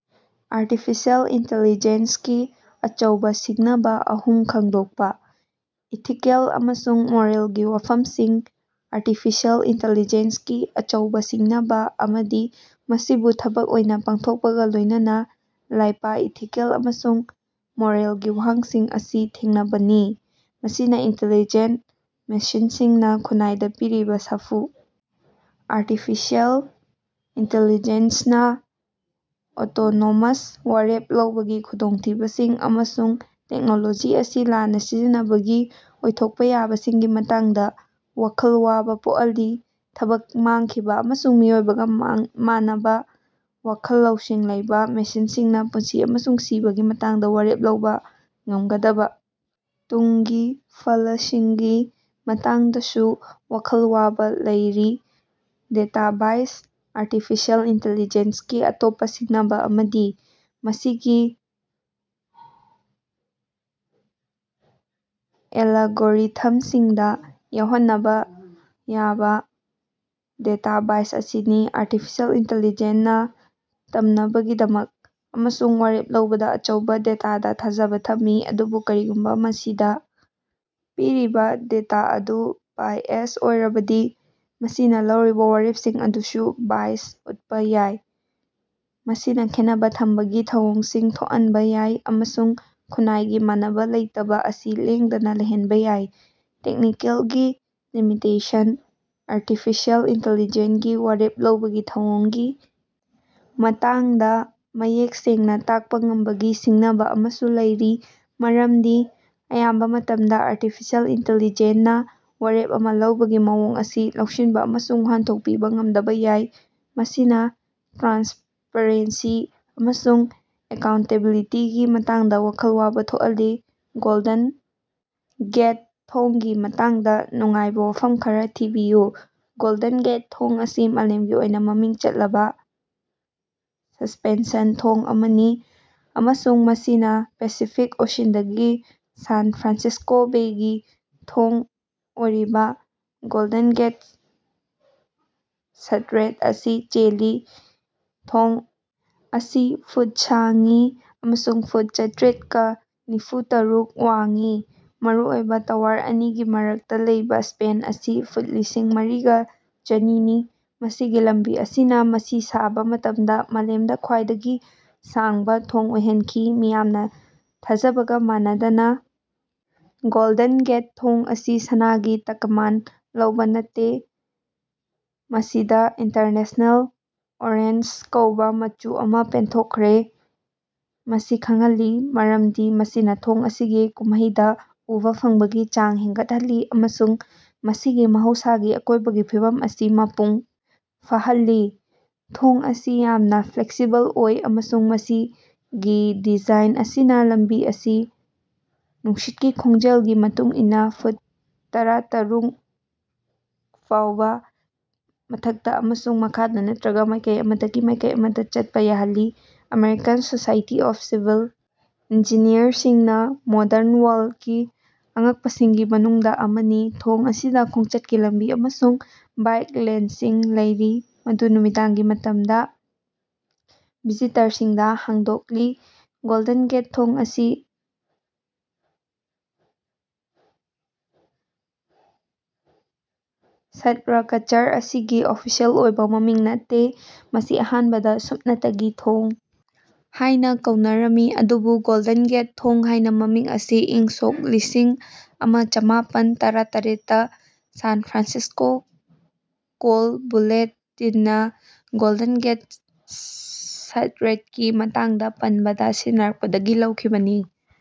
Artificial ꯏꯟꯇꯦꯂꯤꯖꯦꯟꯁꯀꯤ ꯑꯆꯧꯕ ꯁꯤꯡꯅꯕ ꯑꯍꯨꯝ ꯈꯪꯗꯣꯛꯄꯥ꯫ ꯏꯊꯤꯀꯦꯜ ꯑꯃꯁꯨꯡ ꯃꯣꯔꯦꯜꯒꯤ ꯋꯥꯐꯝꯁꯤꯡ ꯑꯔꯇꯤꯐꯤꯑꯦꯜ ꯏꯟꯇꯦꯂꯤꯖꯦꯟꯁꯀꯤ ꯑꯆꯧꯕ ꯁꯤꯡꯅꯕ ꯑꯃꯗꯤ ꯃꯁꯤꯕꯨ ꯊꯕꯛ ꯑꯣꯏꯅ ꯄꯥꯡꯊꯣꯛꯄꯒꯥ ꯂꯣꯏꯅꯅꯥ ꯂꯥꯛꯄꯥ ꯏꯊꯤꯀꯦꯜ ꯑꯃꯁꯨꯡ ꯃꯣꯔꯦꯜꯒꯤ ꯋꯥꯍꯪꯁꯤꯡ ꯑꯁꯤ ꯊꯦꯡꯅꯕꯅꯤ꯫ ꯃꯁꯤꯅꯥ ꯏꯟꯇꯦꯂꯤꯖꯦꯟꯇ ꯃꯦꯁꯤꯟꯁꯤꯡꯅꯥ ꯈꯨꯟꯅꯥꯏꯗ ꯄꯤꯔꯤꯕ ꯁꯥꯐꯨ ꯑꯔꯇꯤꯐꯤꯁꯦꯜ ꯏꯟꯇꯦꯂꯤꯖꯦꯟꯁꯅꯥ ꯑꯣꯇꯣꯅꯣꯃꯁ ꯋꯥꯔꯦꯞ ꯂꯧꯕꯒꯤ ꯈꯨꯗꯣꯡꯊꯤꯕꯁꯤꯡ, ꯑꯃꯁꯨꯡ ꯇꯦꯛꯅꯣꯂꯣꯖꯤ ꯑꯁꯤ ꯂꯥꯟꯅꯥ ꯁꯤꯖꯤꯟꯅꯕꯒꯤ ꯑꯣꯏꯊꯣꯛꯄꯥ ꯌꯥꯕꯁꯤꯡꯒꯤ ꯃꯇꯥꯡꯗꯥ ꯋꯥꯈꯜ ꯋꯥꯕ ꯄꯣꯛꯍꯜꯂꯤ꯫ ꯊꯕꯛ ꯃꯥꯡꯈꯤꯕ ꯑꯃꯁꯨꯡ ꯃꯤꯑꯣꯏꯕꯒꯥ ꯃꯥꯟꯅꯕ ꯋꯥꯈꯜ ꯂꯧꯁꯤꯡ ꯂꯩꯕ ꯃꯦꯁꯤꯟꯁꯤꯡꯅꯥ ꯄꯨꯟꯁꯤ ꯑꯃꯁꯨꯡ ꯁꯤꯕꯒꯤ ꯃꯇꯥꯡꯗ ꯋꯥꯔꯦꯞ ꯂꯧꯕ ꯉꯝꯒꯗꯕ ꯇꯨꯡꯒꯤ ꯐꯂꯁꯤꯡꯒꯤ ꯃꯇꯥꯡꯗꯁꯨ ꯋꯥꯈꯜ ꯋꯥꯕꯥ ꯂꯩꯔꯤ꯫ ꯗꯦꯇꯥ ꯕꯥꯏꯁ ꯑꯥꯜꯔꯇꯤꯐꯤꯑꯦꯜ ꯏꯟꯇꯦꯂꯤꯖꯦꯟꯁꯀꯤ ꯑꯇꯣꯞꯄꯥ ꯁꯤꯡꯅꯕꯥ ꯑꯃꯗꯤ ꯃꯁꯤꯒꯤ ꯑꯦꯂꯒꯣꯔꯤꯊꯝꯁꯤꯡꯗꯥ ꯌꯥꯎꯍꯟꯅꯕ ꯌꯥꯕ ꯗꯦꯇꯥ ꯕꯥꯏꯁ ꯑꯁꯤꯅꯤ꯫ ꯑꯔꯇꯤꯐꯤꯁꯦꯜ ꯏꯟꯇꯦꯂꯤꯖꯦꯟꯅꯥ ꯇꯝꯅꯕꯒꯤꯗꯃꯛ ꯑꯃꯁꯨꯡ ꯋꯥꯔꯦꯞ ꯂꯧꯕꯗꯥ ꯑꯆꯧꯕ ꯗꯦꯇꯥꯗꯥ ꯊꯥꯖꯕ ꯊꯝꯃꯤ, ꯑꯗꯨꯕꯨ ꯀꯔꯤꯒꯨꯝꯕ ꯃꯁꯤꯗꯥ ꯄꯤꯔꯤꯕ ꯗꯦꯇꯥ ꯑꯗꯨ ꯕꯥꯏꯑꯦꯖ ꯑꯣꯏꯔꯕꯗꯤ, ꯃꯁꯤꯅꯥ ꯂꯧꯔꯤꯕ ꯋꯥꯔꯦꯞꯁꯤꯡ ꯑꯗꯨꯁꯨ ꯕꯥꯏꯁ ꯎꯠꯄꯥ ꯌꯥꯏ꯫ ꯃꯁꯤꯅꯥ ꯈꯦꯟꯅꯕ ꯊꯝꯕꯒꯤ ꯊꯧꯑꯣꯡꯁꯤꯡ ꯊꯣꯛꯍꯟꯕꯥ ꯌꯥꯏ ꯑꯃꯁꯨꯡ ꯈꯨꯟꯅꯥꯏꯒꯤ ꯃꯥꯟꯅꯕ ꯂꯩꯇꯕ ꯑꯁꯤ ꯂꯦꯡꯗꯅꯥ ꯂꯩꯍꯟꯕ ꯌꯥꯏ꯫ ꯇꯦꯛꯅꯤꯀꯦꯜꯒꯤ ꯂꯤꯃꯤꯇꯦꯁꯟ ꯑꯔꯇꯤꯐꯤꯁꯦꯜ ꯏꯟꯇꯦꯂꯤꯖꯦꯟꯒꯤ ꯋꯥꯔꯦꯞ ꯂꯧꯕꯒꯤ ꯊꯧꯑꯣꯡꯒꯤ ꯃꯇꯥꯡꯗꯥ ꯃꯌꯦꯛ ꯁꯦꯡꯅꯥ ꯇꯥꯛꯄꯥ ꯉꯝꯕꯒꯤ ꯁꯤꯡꯅꯕ ꯑꯃꯁꯨ ꯂꯩꯔꯤ, ꯃꯔꯝꯗꯤ ꯑꯌꯥꯝꯕ ꯃꯇꯝꯗꯥ ꯑꯔꯇꯤꯐꯤꯁꯦꯜ ꯏꯟꯇꯦꯂꯤꯖꯦꯟꯅꯥ ꯋꯥꯔꯦꯞ ꯑꯃꯥ ꯂꯧꯕꯒꯤ ꯃꯑꯣꯡ ꯑꯁꯤ ꯂꯧꯁꯤꯟꯕ ꯑꯃꯁꯨꯡ ꯋꯥꯍꯟꯊꯣꯛ ꯄꯤꯕ ꯉꯝꯗꯕꯥ ꯌꯥꯏ, ꯃꯁꯤꯅꯥ ꯇ꯭ꯔꯥꯟꯁꯄꯔꯦꯟꯁꯤ ꯑꯃꯁꯨꯡ ꯑꯦꯀꯥꯎꯟꯇꯦꯕꯤꯂꯤꯇꯤꯒꯤ ꯃꯇꯥꯡꯗꯥ ꯋꯥꯈꯜ ꯋꯥꯕ ꯊꯣꯛꯍꯜꯂꯤ꯫ ꯒꯣꯜꯗꯟ ꯒꯦꯠ ꯊꯣꯡꯒꯤ ꯃꯇꯥꯡꯗꯥ ꯅꯨꯡꯉꯥꯏꯕ ꯋꯥꯐꯝ ꯈꯔꯥ ꯊꯤꯕꯤꯌꯨ꯫ ꯒꯣꯜꯗꯟ ꯒꯦꯠ ꯊꯣꯡ ꯑꯁꯤ ꯃꯥꯂꯦꯝꯒꯤ ꯑꯣꯏꯅ ꯃꯃꯤꯡ ꯆꯠꯂꯕ ꯁꯁ꯭ꯄꯦꯟꯁꯟ ꯊꯣꯡ ꯑꯃꯅꯤ ꯑꯃꯁꯨꯡ ꯃꯁꯤꯅꯥ ꯄꯦꯁꯤꯐꯤꯛ ꯑꯣꯁꯤꯟꯗꯒꯤ ꯁꯥꯟ ꯐ꯭ꯔꯥꯟꯁꯤꯁ꯭ꯀꯣ ꯕꯦꯒꯤ ꯊꯣꯡ ꯑꯣꯏꯔꯤꯕ ꯒꯣꯜꯗꯟ ꯒꯦꯠ ꯁꯇꯔꯦꯠ ꯑꯁꯤ ꯆꯦꯜꯂꯤ꯫ ꯊꯣꯡ ꯑꯁꯤ ꯐꯨꯠ ꯁꯥꯡꯏ ꯑꯃꯁꯨꯡ ꯐꯨꯠ ꯆꯥꯇꯔꯦꯠꯒ ꯅꯤꯐꯨꯇꯥꯔꯨꯛ ꯋꯥꯡꯏ꯫ ꯃꯔꯨꯑꯣꯏꯕ ꯇꯋꯥꯔ ꯑꯅꯤꯒꯤ ꯃꯔꯛꯇ ꯂꯩꯕ ꯁ꯭ꯄꯦꯟ ꯑꯁꯤ ꯐꯨꯠ ꯂꯤꯁꯤꯡ ꯃꯔꯤꯒ ꯆꯥꯅꯤꯅꯤ ꯃꯁꯤꯒꯤ ꯂꯝꯕꯤ ꯑꯁꯤꯅꯥ ꯃꯁꯤ ꯁꯥꯕ ꯃꯇꯝꯗ ꯃꯥꯂꯦꯝꯗ ꯈ꯭ꯋꯥꯏꯗꯒꯤ ꯁꯥꯡꯕ ꯊꯣꯡ ꯑꯣꯏꯍꯟꯈꯤ꯫ ꯃꯤꯌꯥꯝꯅꯥ ꯊꯥꯖꯕꯒ ꯃꯥꯟꯅꯗꯅꯥ, ꯒꯣꯜꯗꯟ ꯒꯦꯠ ꯊꯣꯡ ꯑꯁꯤ ꯁꯅꯥꯒꯤ ꯇꯛꯃꯥꯟ ꯂꯧꯕ ꯅꯠꯇꯦ꯫ ꯃꯁꯤꯗꯥ ꯏꯟꯇꯔꯅꯦꯁ꯭ꯅꯦꯜ ꯑꯣꯔꯦꯟꯖ ꯀꯧꯕ ꯃꯆꯨ ꯑꯃꯥ ꯄꯦꯟꯊꯣꯛꯈ꯭ꯔꯦ ꯃꯁꯤ ꯈꯪꯍꯜꯂꯤ ꯃꯔꯝꯗꯤ ꯃꯁꯤꯅꯥ ꯊꯣꯡ ꯑꯁꯤꯒꯤ ꯀꯨꯝꯍꯩꯗꯥ ꯎꯕꯥ ꯐꯪꯕꯒꯤ ꯆꯥꯡ ꯍꯦꯟꯒꯠꯍꯜꯂꯤ ꯑꯃꯁꯨꯡ ꯃꯁꯤꯒꯤ ꯃꯍꯧꯁꯥꯒꯤ ꯑꯀꯣꯏꯕꯒꯤ ꯐꯤꯕꯝ ꯑꯁꯤ ꯃꯄꯨꯡ ꯐꯥꯍꯜꯂꯤ꯫ ꯊꯣꯡ ꯑꯁꯤ ꯌꯥꯝꯅ ꯐ꯭ꯂꯦꯛꯁꯤꯕꯜ ꯑꯣꯏ ꯑꯃꯁꯨꯡ ꯃꯁꯤꯒꯤ ꯗꯤꯖꯥꯏꯟ ꯑꯁꯤꯅꯥ ꯂꯝꯕꯤ ꯑꯁꯤ ꯅꯨꯡꯁꯤꯠꯀꯤ ꯈꯣꯡꯖꯦꯜꯒꯤ ꯃꯇꯨꯡ ꯏꯟꯅꯥ ꯐꯨꯠ ꯇꯔꯥꯇꯥꯔꯨꯛ ꯐꯥꯎꯕ ꯃꯊꯛꯇꯥ ꯑꯃꯁꯨꯡ ꯃꯈꯥꯗꯥ ꯅꯠꯇ꯭ꯔꯒ ꯃꯥꯏꯀꯩ ꯑꯃꯗꯒꯤ ꯃꯥꯏꯀꯩ ꯑꯃꯗꯥ ꯆꯠꯄ ꯌꯥꯍꯜꯂꯤ꯫ ꯑꯃꯦꯔꯤꯀꯥꯟ ꯁꯣꯁꯥꯏꯇꯤ ꯑꯣꯐ ꯁꯤꯚꯤꯜ ꯏꯟꯖꯤꯅꯤꯌꯔꯁꯤꯡꯅꯥ ꯃꯣꯗꯔꯟ ꯋꯥꯔꯜꯗꯀꯤ ꯑꯉꯛꯄꯁꯤꯡꯒꯤ ꯃꯅꯨꯡꯗꯥ ꯑꯃꯅꯤ꯫ ꯊꯣꯡ ꯑꯁꯤꯗꯥ ꯈꯣꯡꯆꯠꯀꯤ ꯂꯝꯕꯤ ꯑꯃꯁꯨꯡ ꯕꯥꯏꯛ ꯂꯦꯟꯁꯤꯡ ꯂꯩꯔꯤ ꯃꯗꯨ ꯅꯨꯃꯤꯗꯥꯡꯒꯤ ꯃꯇꯝꯗꯥ ꯚꯤꯖꯤꯇꯔꯁꯤꯡꯗꯥ ꯍꯥꯡꯗꯣꯛꯂꯤ꯫ ꯒꯣꯜꯗꯟ ꯒꯦꯠ ꯊꯣꯡ ꯑꯁꯤ ꯁ꯭ꯠꯔꯀꯆꯔ ꯑꯁꯤꯒꯤ ꯑꯣꯐꯤꯁꯤꯑꯦꯜ ꯑꯣꯏꯕ ꯃꯃꯤꯡ ꯅꯠꯇꯦ꯫ ꯃꯁꯤ ꯑꯍꯥꯟꯕꯗꯥ ꯁꯨꯞꯅꯇꯒꯤ ꯊꯣꯡ ꯍꯥꯏꯅ ꯀꯧꯅꯔꯝꯃꯤ ꯑꯗꯨꯕꯨ ꯒꯣꯜꯗꯟ ꯒꯦꯠ ꯊꯣꯡ ꯍꯥꯏꯅꯥ ꯃꯃꯤꯡ ꯑꯁꯤ ꯏꯪ ꯁꯣꯛ ꯂꯤꯁꯤꯡ ꯑꯃꯥꯆꯥꯃꯥꯄꯟ ꯇꯔꯥꯇꯔꯦꯠꯇꯥ ꯁꯥꯟ ꯐ꯭ꯔꯥꯟꯁꯤꯁ꯭ꯀꯣ ꯀꯣꯜ ꯕꯨꯂꯦꯠꯇꯤꯟꯅꯥ ꯒꯣꯜꯗꯟ ꯒꯦꯠ ꯁ꯭ꯠꯔꯦꯠꯀꯤ ꯃꯇꯥꯡꯗꯥ ꯄꯟꯕꯗꯥ ꯁꯤꯖꯤꯟꯅꯔꯛꯄꯗꯒꯤ ꯂꯧꯈꯤꯕꯅꯤ꯫